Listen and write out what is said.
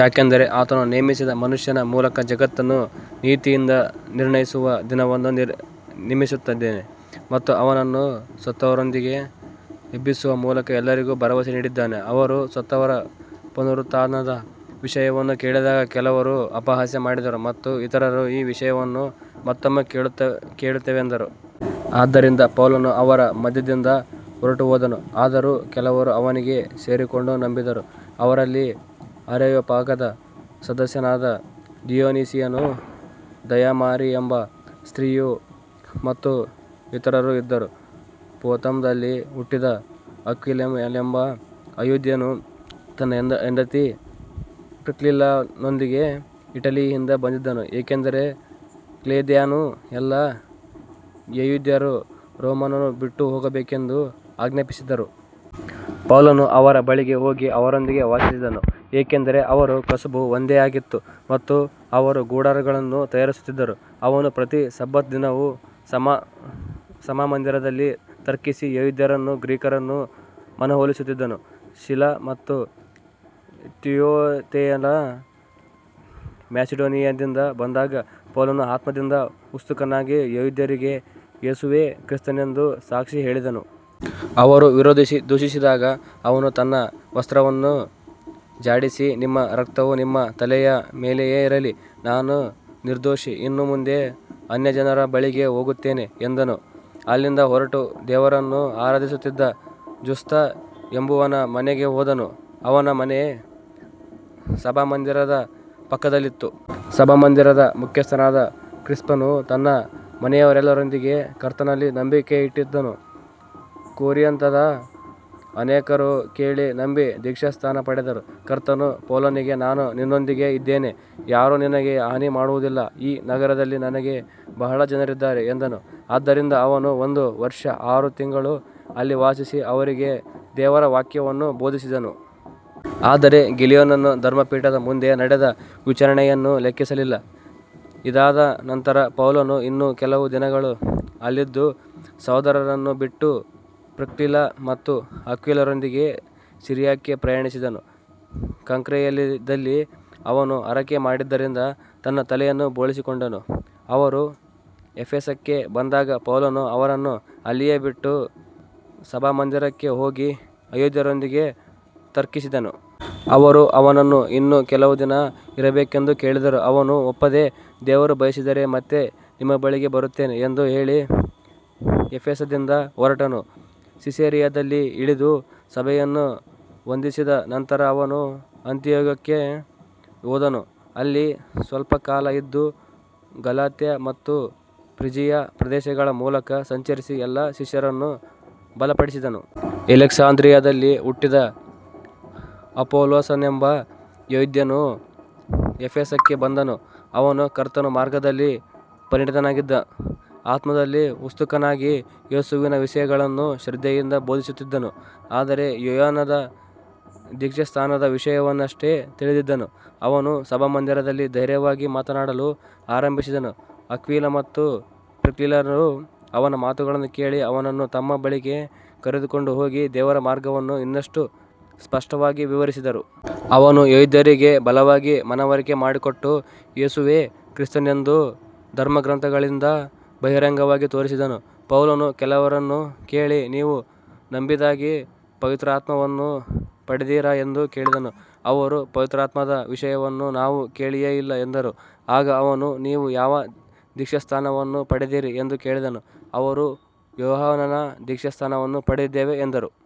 ಯಾಕಂದರೆ ಆತನು ನೇಮಿಸಿದ ಮನುಷ್ಯನ ಮೂಲಕ ಜಗತ್ತನ್ನು ನೀತಿಯಿಂದ ನಿರ್ಣಯಿಸುವ ದಿನವನ್ನು ನೇಮಿಸಿದ್ದಾನೆ ಮತ್ತು ಅವನನ್ನು ಸತ್ತವರೊಳಗಿಂದ ಎಬ್ಬಿಸುವ ಮೂಲಕ ಎಲ್ಲರಿಗೂ ಭರವಸೆ ನೀಡಿದ್ದಾನೆ. ಅವರು ಸತ್ತವರ ಪುನರುತ್ಥಾನದ ವಿಷಯವನ್ನು ಕೇಳಿದಾಗ ಕೆಲವರು ಅಪಹಾಸ್ಯ ಮಾಡಿದರು ಮತ್ತು ಇತರರು ಈ ವಿಷಯವನ್ನು ಮತ್ತೊಮ್ಮೆ ಕೇಳುತ್ತೇವೆ ಎಂದರು. ಆದ್ದರಿಂದ ಪೌಲನು ಅವರ ಮಧ್ಯದಿಂದ ಹೊರಟುಹೋದನು. ಆದರೂ ಕೆಲವರು ಅವನಿಗೆ ಸೇರಿಕೊಂಡು ನಂಬಿದರು. ಅವರಲ್ಲಿ ಅರೆಯೋಪಾಗದ ಸದಸ್ಯನಾದ ದಿಯೊನಿಸಿಯನೂ, ದಮಾರಿಯೆಂಬ ಸ್ತ್ರೀಯೂ ಮತ್ತು ಇತರರೂ ಇದ್ದರು. ಪೊಂತದಲ್ಲಿ ಹುಟ್ಟಿದ ಅಕ್ವಿಲನೆಂಬ ಯೆಹೂದ್ಯನು ತನ್ನ ಹೆಂಡತಿ ಪ್ರಿಸ್ಕಿಲ್ಲಳೊಂದಿಗೆ ಇಟಲಿಯಿಂದ ಬಂದಿದ್ದನು, ಏಕೆಂದರೆ ಕ್ಲೌದ್ಯನು ಎಲ್ಲಾ ಯೆಹೂದ್ಯರು ರೋಮನ್ನು ಬಿಟ್ಟುಹೋಗಬೇಕೆಂದು ಆಜ್ಞಾಪಿಸಿದ್ದನು. ಪೌಲನು ಅವರ ಬಳಿಗೆ ಹೋಗಿ ಅವರೊಂದಿಗೆ ವಾಸಿಸಿದನು, ಏಕೆಂದರೆ ಅವರ ಕಸುಬು ಒಂದೇ ಆಗಿತ್ತು ಮತ್ತು ಅವರು ಗುಡಾರಗಳನ್ನು ತಯಾರಿಸುತ್ತಿದ್ದರು. ಅವನು ಪ್ರತಿ ಸಬ್ಬತ್ ದಿನವೂ ಸಭಾಮಂದಿರದಲ್ಲಿ ತರ್ಕಿಸಿ ಯೆಹೂದ್ಯರನ್ನೂ ಗ್ರೀಕರನ್ನೂ ಮನವೊಲಿಸುತ್ತಿದ್ದನು. ಸೀಲ ಮತ್ತು ತಿಮೊಥೆಯರು ಮ್ಯಾಸಿಡೋನಿಯಾದಿಂದ ಬಂದಾಗ ಪೌಲನು ಆತ್ಮದಲ್ಲಿ ಉತ್ಸುಕನಾಗಿ ಯೆಹೂದ್ಯರಿಗೆ ಯೇಸುವೇ ಕ್ರಿಸ್ತನೆಂದು ಸಾಕ್ಷಿ ಹೇಳಿದನು. ಅವರು ವಿರೋಧಿಸಿ ದೂಷಿಸಿದಾಗ ಅವನು ತನ್ನ ವಸ್ತ್ರವನ್ನು ಝಾಡಿಸಿ, ನಿಮ್ಮ ರಕ್ತವು ನಿಮ್ಮ ತಲೆಯ ಮೇಲೆಯೇ ಇರಲಿ, ನಾನು ನಿರ್ದೋಷಿ, ಇನ್ನು ಮುಂದೆ ಅನ್ಯಜನರ ಬಳಿಗೆ ಹೋಗುತ್ತೇನೆ ಎಂದನು. ಅಲ್ಲಿಂದ ಹೊರಟು ದೇವರನ್ನು ಆರಾಧಿಸುತ್ತಿದ್ದ ಜುಸ್ತ ಎಂಬವನ ಮನೆಗೆ ಹೋದನು, ಅವನ ಮನೆ ಸಭಾಮಂದಿರದ ಪಕ್ಕದಲ್ಲಿತ್ತು. ಸಭಾಮಂದಿರದ ಮುಖ್ಯಸ್ಥನಾದ ಕ್ರಿಸ್ಪನು ತನ್ನ ಮನೆಯವರೆಲ್ಲರೊಂದಿಗೆ ಕರ್ತನಲ್ಲಿ ನಂಬಿಕೆಯಿಟ್ಟನು. ಕೊರಿಂಥದ ಅನೇಕರು ಕೇಳಿ ನಂಬಿ ದೀಕ್ಷಾಸ್ನಾನ ಪಡೆದರು. ಕರ್ತನು ಪೌಲನಿಗೆ, ನಾನು ನಿನ್ನೊಂದಿಗೆ ಇದ್ದೇನೆ, ಯಾರೂ ನಿನಗೆ ಹಾನಿ ಮಾಡುವುದಿಲ್ಲ, ಈ ನಗರದಲ್ಲಿ ನನಗೆ ಬಹಳ ಜನರಿದ್ದಾರೆ ಎಂದನು. ಆದ್ದರಿಂದ ಅವನು ಒಂದು ವರ್ಷ ಆರು ತಿಂಗಳು ಅಲ್ಲಿ ವಾಸಿಸಿ ಅವರಿಗೆ ದೇವರ ವಾಕ್ಯವನ್ನು ಬೋಧಿಸಿದನು. ಆದರೆ ಗಲ್ಲಿಯೋನನು ಧರ್ಮಪೀಠದ ಮುಂದೆ ನಡೆದ ವಿಚಾರಣೆಯನ್ನು ಲೆಕ್ಕಿಸಲಿಲ್ಲ. ಇದಾದ ನಂತರ ಪೌಲನು ಇನ್ನೂ ಕೆಲವು ದಿನಗಳು ಅಲ್ಲಿದ್ದು, ಸಹೋದರರನ್ನು ಬಿಟ್ಟು ಪ್ರಿಸ್ಕಿಲ್ಲ ಮತ್ತು ಅಕ್ವಿಲರೊಂದಿಗೆ ಸಿರಿಯಾಕ್ಕೆ ಪ್ರಯಾಣಿಸಿದನು. ಕೆಂಕ್ರೆಯದಲ್ಲಿ ಅವನು ಹರಕೆ ಮಾಡಿದ್ದರಿಂದ ತನ್ನ ತಲೆಯನ್ನು ಬೋಳಿಸಿಕೊಂಡನು. ಅವರು ಎಫೆಸಕ್ಕೆ ಬಂದಾಗ ಪೌಲನು ಅವರನ್ನು ಅಲ್ಲಿಯೇ ಬಿಟ್ಟು ಸಭಾಮಂದಿರಕ್ಕೆ ಹೋಗಿ ಯೆಹೂದ್ಯರೊಂದಿಗೆ ತರ್ಕಿಸಿದನು. ಅವರು ಅವನನ್ನು ಇನ್ನೂ ಕೆಲವು ದಿನ ಇರಬೇಕೆಂದು ಕೇಳಿದರೂ ಅವನು ಒಪ್ಪದೆ, ದೇವರು ಬಯಸಿದರೆ ಮತ್ತೆ ನಿಮ್ಮ ಬಳಿಗೆ ಬರುತ್ತೇನೆ ಎಂದು ಹೇಳಿ ಎಫೆಸದಿಂದ ಹೊರಟನು. ಸಿಸೇರಿಯಾದಲ್ಲಿ ಇಳಿದು ಸಭೆಯನ್ನು ವಂದಿಸಿದ ನಂತರ ಅವನು ಅಂತಿಯೋಕ್ಯಕ್ಕೆ ಹೋದನು. ಅಲ್ಲಿ ಸ್ವಲ್ಪ ಕಾಲ ಇದ್ದು ಗಲಾತ್ಯ ಮತ್ತು ಫ್ರಿಜಿಯಾ ಪ್ರದೇಶಗಳ ಮೂಲಕ ಸಂಚರಿಸಿ ಎಲ್ಲಾ ಶಿಷ್ಯರನ್ನು ಬಲಪಡಿಸಿದನು. ಅಲೆಕ್ಸಾಂದ್ರಿಯಾದಲ್ಲಿ ಹುಟ್ಟಿದ ಅಪೊಲ್ಲೋಸನೆಂಬ ಯೆಹೂದ್ಯನು ಎಫೆಸಕ್ಕೆ ಬಂದನು. ಅವನು ಕರ್ತನ ಮಾರ್ಗದಲ್ಲಿ ಪರಿಣತನಾಗಿದ್ದು, ಆತ್ಮದಲ್ಲಿ ಉತ್ಸುಕನಾಗಿ ಯೇಸುವಿನ ವಿಷಯಗಳನ್ನು ಶ್ರದ್ಧೆಯಿಂದ ಬೋಧಿಸುತ್ತಿದ್ದನು, ಆದರೆ ಯೋಹಾನನ ದೀಕ್ಷಾಸ್ನಾನದ ವಿಷಯವನ್ನಷ್ಟೇ ತಿಳಿದಿದ್ದನು. ಅವನು ಸಭಾಮಂದಿರದಲ್ಲಿ ಧೈರ್ಯವಾಗಿ ಮಾತನಾಡಲು ಆರಂಭಿಸಿದನು. ಅಕ್ವಿಲ ಮತ್ತು ಪ್ರಿಸ್ಕಿಲ್ಲರು ಅವನ ಮಾತುಗಳನ್ನು ಕೇಳಿ ಅವನನ್ನು ತಮ್ಮ ಬಳಿಗೆ ಕರೆದುಕೊಂಡು ಹೋಗಿ ದೇವರ ಮಾರ್ಗವನ್ನು ಇನ್ನಷ್ಟು ಸ್ಪಷ್ಟವಾಗಿ ವಿವರಿಸಿದರು. ಅವನು ಯೆಹೂದ್ಯರಿಗೆ ಬಲವಾಗಿ ಮನವರಿಕೆ ಮಾಡಿಕೊಟ್ಟು, ಯೇಸುವೇ ಕ್ರಿಸ್ತನೆಂದು ಧರ್ಮಗ್ರಂಥಗಳಿಂದ ಬಹಿರಂಗವಾಗಿ ತೋರಿಸಿದನು. ಪೌಲನು ಕೆಲವರನ್ನು ಕೇಳಿ, ನೀವು ನಂಬಿದಾಗ ಪವಿತ್ರಾತ್ಮವನ್ನು ಪಡೆದಿರಾ ಎಂದು ಕೇಳಿದನು. ಅವರು, ಪವಿತ್ರಾತ್ಮದ ವಿಷಯವನ್ನು ನಾವು ಕೇಳಿಯೇ ಇಲ್ಲ ಎಂದರು. ಆಗ ಅವನು, ನೀವು ಯಾವ ದೀಕ್ಷಾಸ್ನಾನವನ್ನು ಪಡೆದಿರಿ ಎಂದು ಕೇಳಿದನು. ಅವರು, ಯೋಹಾನನ ದೀಕ್ಷಾಸ್ನಾನವನ್ನು ಪಡೆದಿದ್ದೇವೆ ಎಂದರು.